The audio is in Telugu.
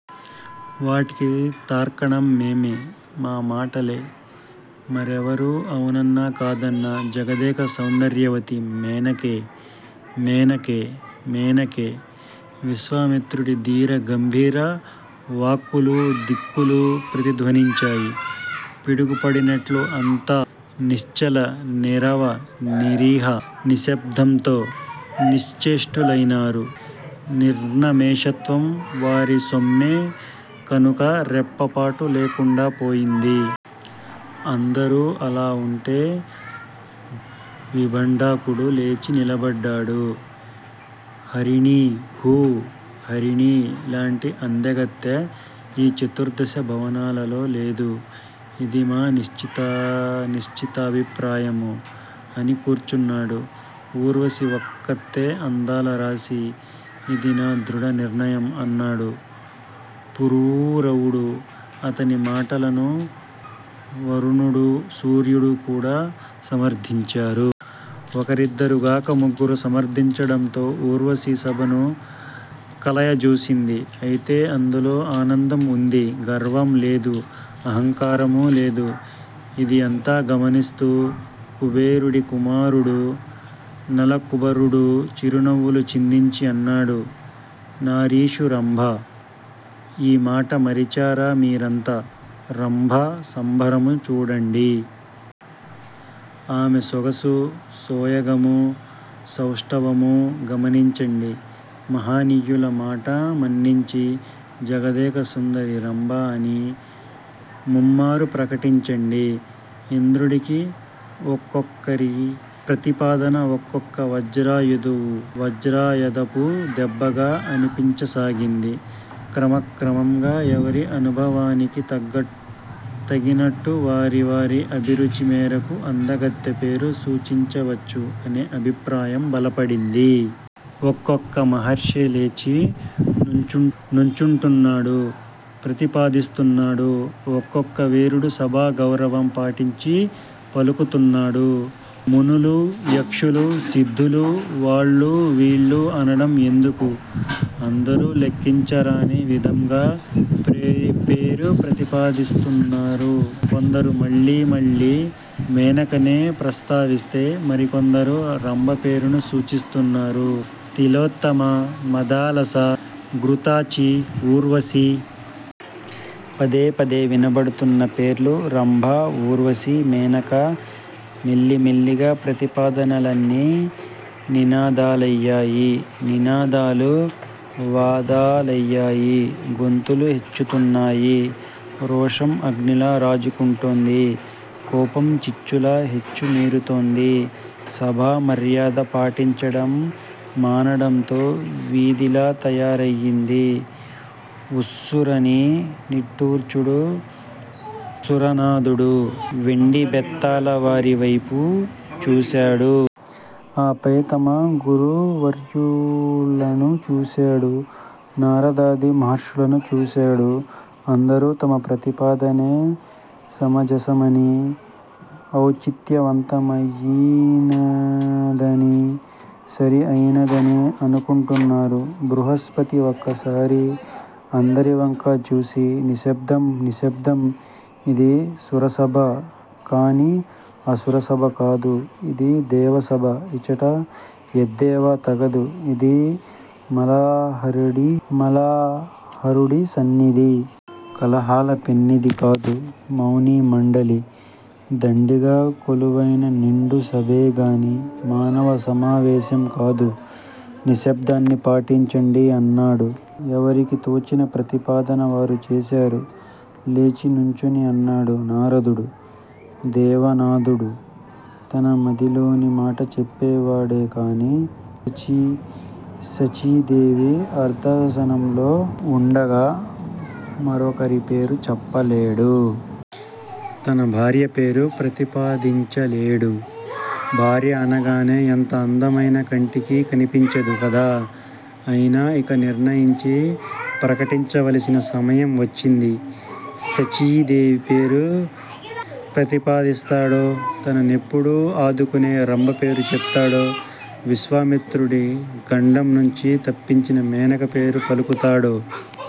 వాటికి తార్కాణం మేమే! మా మాటలే! మరెవరు అవునన్నా కాదన్నా జగదేక సౌందర్యవతి మేనకే! మేనకే! మేనకే!! విశ్వామిత్రుడి ధీర గంభీర వాక్కులు దిక్కులు ప్రతిధ్వనించాయి. పిడుగు పడినట్లు అంతా నిశ్చల నీరవ నిరీహ నిశ్శబ్దంతో నిశ్చేష్టులయినారు. నిర్నమేషత్వం వారి సొమ్మే కనుక రెప్పపాటు లేకుండా పోయింది. అందరూ అలా ఉంటే విభాండకుడు లేచి నిలబడ్డాడు. 'హరిణి! హూ! హరిణి లాంటి అందగత్తె ఈ చతుర్ధశ భవనాలలో లేదు! ఇది మా నిశ్చితాభిప్రాయం' అని కూర్చున్నాడు. 'ఊర్వశి ఒక్కతే అందాల రాశి. ఇది నా దృఢ నిర్ణయం' అన్నాడు పురూరవుడు. అతని మాటలను వరుణుడూ, సూర్యుడు కూడా సమర్ధించారు. ఒకరికిద్దరు గాక ముగ్గురు సమర్ధించడంతో ఊర్వశి సభను కలయజూసింది. ఐతే అందులో ఆనందం ఉంది. గర్వం లేదు. అహంకారమూ లేదు. ఇది అంతా గమనిస్తూ కుబేరుడి కుమారుడు నలకూబరుడు చిరునవ్వులు చిందించి అన్నాడు. 'నారీషు రంభా! ఈ మాట మరిచారా మీరంతా? రంభ సంబంరం చూడండి! ఆమె సొగసు సోయగమూ సౌష్టవమూ గమనించండి. మహనీయుల మాట మన్నించి జగదేక సుందరి రంభ అని ముమ్మారూ ప్రకటించండి! ' ఇంద్రుడికి ఒక్కొక్కరి ప్రతిపాదనా ఒక్కొక్క వజ్రాయధపు దెబ్బగా అనిపించసాగింది. క్రమ క్రమంగా ఎవరి అనుభవానికి తగినట్టు వారి వారి అభిరుచి మేరకు అందగత్తె పేరు సూచించవచ్చు అనే అభిప్రాయం బలపడింది. ఒక్కొక్క మహర్షే లేచి నుంచుంటున్నాడు. ప్రతిపాదిస్తున్నాడు. ఒక్కొక్క వీరుడు సభా గౌరవం పాటించి పలుకుతున్నాడు. మునులు-యక్షులు-సిద్ధులు- వాళ్ళు వీళ్ళు అనడం ఎందుకు? అందరూ లెక్కించరాని విధంగా పేరు ప్రతిపాదిస్తున్నారు. కొందరు మళ్ళీ మళ్ళీ మేనకనే ప్రస్తావిస్తే మరికొందరు రంభ పేరును సూచిస్తున్నారు. తిలోత్తమ మదాలస, ఘ్రుతాచి, ఊర్వశి! పదేపదే వినపడుతున్న పేర్లు రంభ! ఊర్వశి! మేనక! మెలిమెల్లిగా ప్రతిపాదనలన్నీ నినాదాలయ్యాయి. నినాదాలు వాదాలయ్యాయి. గొంతులు హెచ్చుతున్నాయి. రోషం అగ్నిలా రాజుకుంటుంది. కోపం చిచ్చులా హెచ్చు మీరుతోంది. సభా మర్యాద పాటించడం మానడంతో వీధిలా తయారయింది. ఉస్సురని నిట్టూర్చుడు సురనాధుడు. వెండి బెత్తాలవారి వైపు చూశాడు. ఆపై తమ గురువర్యులణు చూశాడు. నారదాది మహర్షులను చూశాడు. అందరూ తమ ప్రతిపాదనే సమజసమనీ-ఔచిత్యవంతమయిందనీ. సరి అయినదనీ అనుకుంటున్నారు. బృహస్పతి ఒక్కసారి అందరి వంకా జూసి 'నిశ్శబ్దం! నిశ్శబ్దం! ఇది సురసభ! కానీ అసుర సభ కాదు! ఇది దేవసభ. ఇచట యెద్దేవ తగదు! ఇది మలహరుడి సన్నిధి! కలహాల పెన్నిధి కాదు! మౌని మండలి దండిగా కొలువైన నిండు సభే గానీ మానవ సమావేశం కాదు. నిశ్శబ్దాన్ని పాటించండి' అన్నాడు. 'ఎవరికి తోచిన ప్రతిపాదన వారు చేశారు' లేచి నుంచుని అన్నాడు నారదుడు. 'దేవనాధుడు తన మదిలోని మాట చెప్పేవాడే కానీ శచీదేవి అర్ధాసనంలో ఉండగా మరొకరి పేరు చెప్పలేడు. తన భార్య పేరూ ప్రతిపాదించలేడూ. భార్య అనగానే ఎంత అందమైనా కంటికి కనిపించదు కదా! అయినా ఇక నిర్ణయించి ప్రకటించవలసిన సమయం వచ్చింది. శచీదేవి పేరు ప్రతిపాదిస్తాడో! తన నెప్పుడూ ఆదుకునే రంభ పేరు చెప్తాడో! విశ్వామిత్రుడి గండం నుంచి తప్పించిన మేనక పేరు పలుకుతాడో!